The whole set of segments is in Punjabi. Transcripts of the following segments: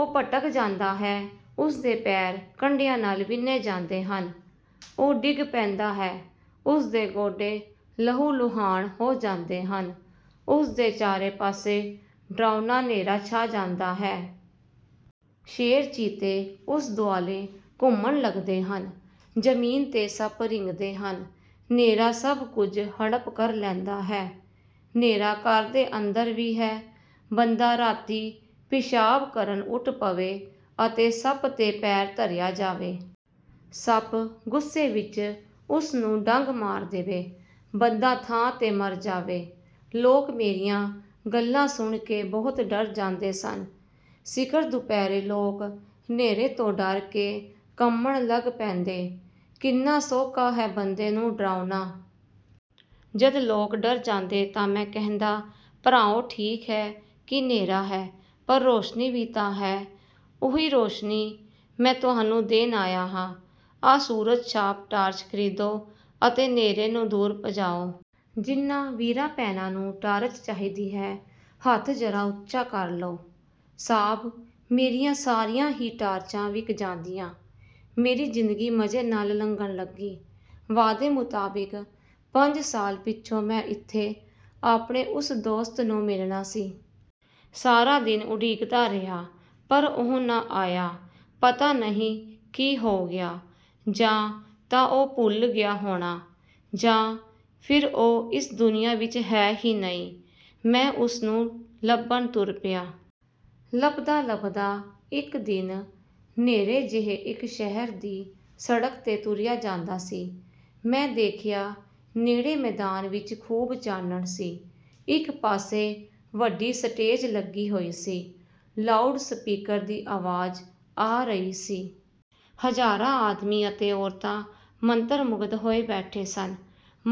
ਉਹ ਭਟਕ ਜਾਂਦਾ ਹੈ। ਉਸ ਦੇ ਪੈਰ ਕੰਡਿਆਂ ਨਾਲ ਵਿੰਨ੍ਹੇ ਜਾਂਦੇ ਹਨ। ਉਹ ਡਿੱਗ ਪੈਂਦਾ ਹੈ। ਉਸ ਦੇ ਗੋਡੇ ਲਹੂ ਲੁਹਾਣ ਹੋ ਜਾਂਦੇ ਹਨ। ਉਸ ਦੇ ਚਾਰੇ ਪਾਸੇ ਡਰਾਉਣਾ ਨ੍ਹੇਰਾ ਛਾ ਜਾਂਦਾ ਹੈ। ਸ਼ੇਰ ਚੀਤੇ ਉਸ ਦੁਆਲੇ ਘੁੰਮਣ ਲੱਗਦੇ ਹਨ। ਜ਼ਮੀਨ 'ਤੇ ਸੱਪ ਰੀਂਗਦੇ ਹਨ। ਨ੍ਹੇਰਾ ਸਭ ਕੁਝ ਹੜੱਪ ਕਰ ਲੈਂਦਾ ਹੈ। ਨ੍ਹੇਰਾ ਘਰ ਦੇ ਅੰਦਰ ਵੀ ਹੈ। ਬੰਦਾ ਰਾਤੀਂ ਪਿਸ਼ਾਬ ਕਰਨ ਉੱਠ ਪਵੇ ਅਤੇ ਸੱਪ 'ਤੇ ਪੈਰ ਧਰਿਆ ਜਾਵੇ। ਸੱਪ ਗੁੱਸੇ ਵਿੱਚ ਉਸ ਨੂੰ ਡੰਗ ਮਾਰ ਦੇਵੇ। ਬੰਦਾ ਥਾਂ 'ਤੇ ਮਰ ਜਾਵੇ। ਲੋਕ ਮੇਰੀਆਂ ਗੱਲਾਂ ਸੁਣ ਕੇ ਬਹੁਤ ਡਰ ਜਾਂਦੇ ਸਨ। ਸਿਖਰ ਦੁਪਹਿਰੇ ਲੋਕ ਨ੍ਹੇਰੇ ਤੋਂ ਡਰ ਕੇ ਕੰਬਣ ਲੱਗ ਪੈਂਦੇ। ਕਿੰਨਾ ਸੌਖਾ ਹੈ ਬੰਦੇ ਨੂੰ ਡਰਾਉਣਾ? ਜਦ ਲੋਕ ਡਰ ਜਾਂਦੇ ਤਾਂ ਮੈਂ ਕਹਿੰਦਾ, "ਭਰਾਓ ਠੀਕ ਹੈ ਕਿ ਨ੍ਹੇਰਾ ਹੈ। ਪਰ ਰੌਸ਼ਨੀ ਵੀ ਤਾਂ ਹੈ। ਉਹੀ ਰੌਸ਼ਨੀ ਮੈਂ ਤੁਹਾਨੂੰ ਦੇਣ ਆਇਆ ਹਾਂ। ਆਹ ਸੂਰਜ ਛਾਪ ਟਾਰਚ ਖਰੀਦੋ ਅਤੇ ਨ੍ਹੇਰੇ ਨੂੰ ਦੂਰ ਭਜਾਓ। ਜਿਨ੍ਹਾਂ ਵੀਰਾਂ ਭੈਣਾਂ ਨੂੰ ਟਾਰਚ ਚਾਹੀਦੀ ਹੈ, ਹੱਥ ਜ਼ਰਾ ਉੱਚਾ ਕਰ ਲਓ।" ਸਾਬ੍ਹ ਮੇਰੀਆਂ ਸਾਰੀਆਂ ਹੀ ਟਾਰਚਾਂ ਵਿਕ ਜਾਂਦੀਆਂ। ਮੇਰੀ ਜ਼ਿੰਦਗੀ ਮਜ਼ੇ ਨਾਲ ਲੰਘਣ ਲੱਗੀ। ਵਾਅਦੇ ਮੁਤਾਬਿਕ ਪੰਜ ਸਾਲ ਪਿੱਛੋਂ ਮੈਂ ਇੱਥੇ ਆਪਣੇ ਉਸ ਦੋਸਤ ਨੂੰ ਮਿਲਣਾ ਸੀ। ਸਾਰਾ ਦਿਨ ਉਡੀਕਦਾ ਰਿਹਾ, ਪਰ ਉਹ ਨਾ ਆਇਆ। ਪਤਾ ਨਹੀਂ ਕੀ ਹੋ ਗਿਆ। ਜਾਂ ਤਾਂ ਉਹ ਭੁੱਲ ਗਿਆ ਹੋਣਾ। ਜਾਂ ਫਿਰ ਉਹ ਇਸ ਦੁਨੀਆਂ ਵਿੱਚ ਹੈ ਹੀ ਨਹੀਂ। ਮੈਂ ਉਸ ਨੂੰ ਲੱਭਣ ਤੁਰ ਪਿਆ। ਲੱਭਦਾ ਲੱਭਦਾ, ਇਕ ਦਿਨ ਨ੍ਹੇਰੇ ਜਿਹੇ ਇਕ ਸ਼ਹਿਰ ਦੀ ਸੜਕ 'ਤੇ ਤੁਰਿਆ ਜਾਂਦਾ ਸੀ। ਮੈਂ ਦੇਖਿਆ, ਨੇੜੇ ਮੈਦਾਨ ਵਿੱਚ ਖ਼ੂਬ ਚਾਨਣ ਸੀ। ਇਕ ਪਾਸੇ ਵੱਡੀ ਸਟੇਜ ਲੱਗੀ ਹੋਈ ਸੀ। ਲਾਊਡ ਸਪੀਕਰ ਦੀ ਆਵਾਜ਼ ਆ ਰਹੀ ਸੀ। ਹਜ਼ਾਰਾਂ ਆਦਮੀ ਅਤੇ ਔਰਤਾਂ ਮੰਤਰ ਮੁਗਧ ਹੋਏ ਬੈਠੇ ਸਨ।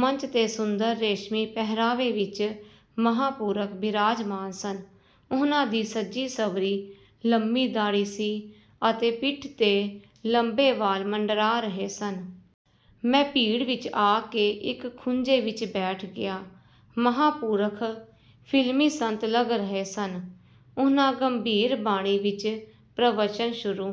ਮੰਚ 'ਤੇ ਸੁੰਦਰ ਰੇਸ਼ਮੀ ਪਹਿਰਾਵੇ ਵਿੱਚ ਮਹਾਂਪੁਰਖ ਬਿਰਾਜਮਾਨ ਸਨ। ਉਨ੍ਹਾਂ ਦੀ ਸਜੀ ਸੰਵਰੀ ਲੰਮੀ ਦਾੜ੍ਹੀ ਸੀ ਅਤੇ ਪਿੱਠ 'ਤੇ ਲੰਬੇ ਵਾਲ ਮੰਡਰਾ ਰਹੇ ਸਨ। ਮੈਂ ਭੀੜ ਵਿੱਚ ਆ ਕੇ ਇਕ ਖੂੰਜੇ ਵਿੱਚ ਬੈਠ ਗਿਆ। ਮਹਾਂਪੁਰਖ ਫ਼ਿਲਮੀ ਸੰਤ ਲੱਗ ਰਹੇ ਸਨ। ਉਨ੍ਹਾਂ ਗੰਭੀਰ ਬਾਣੀ ਵਿੱਚ ਪ੍ਰਵਚਨ ਸ਼ੁਰੂ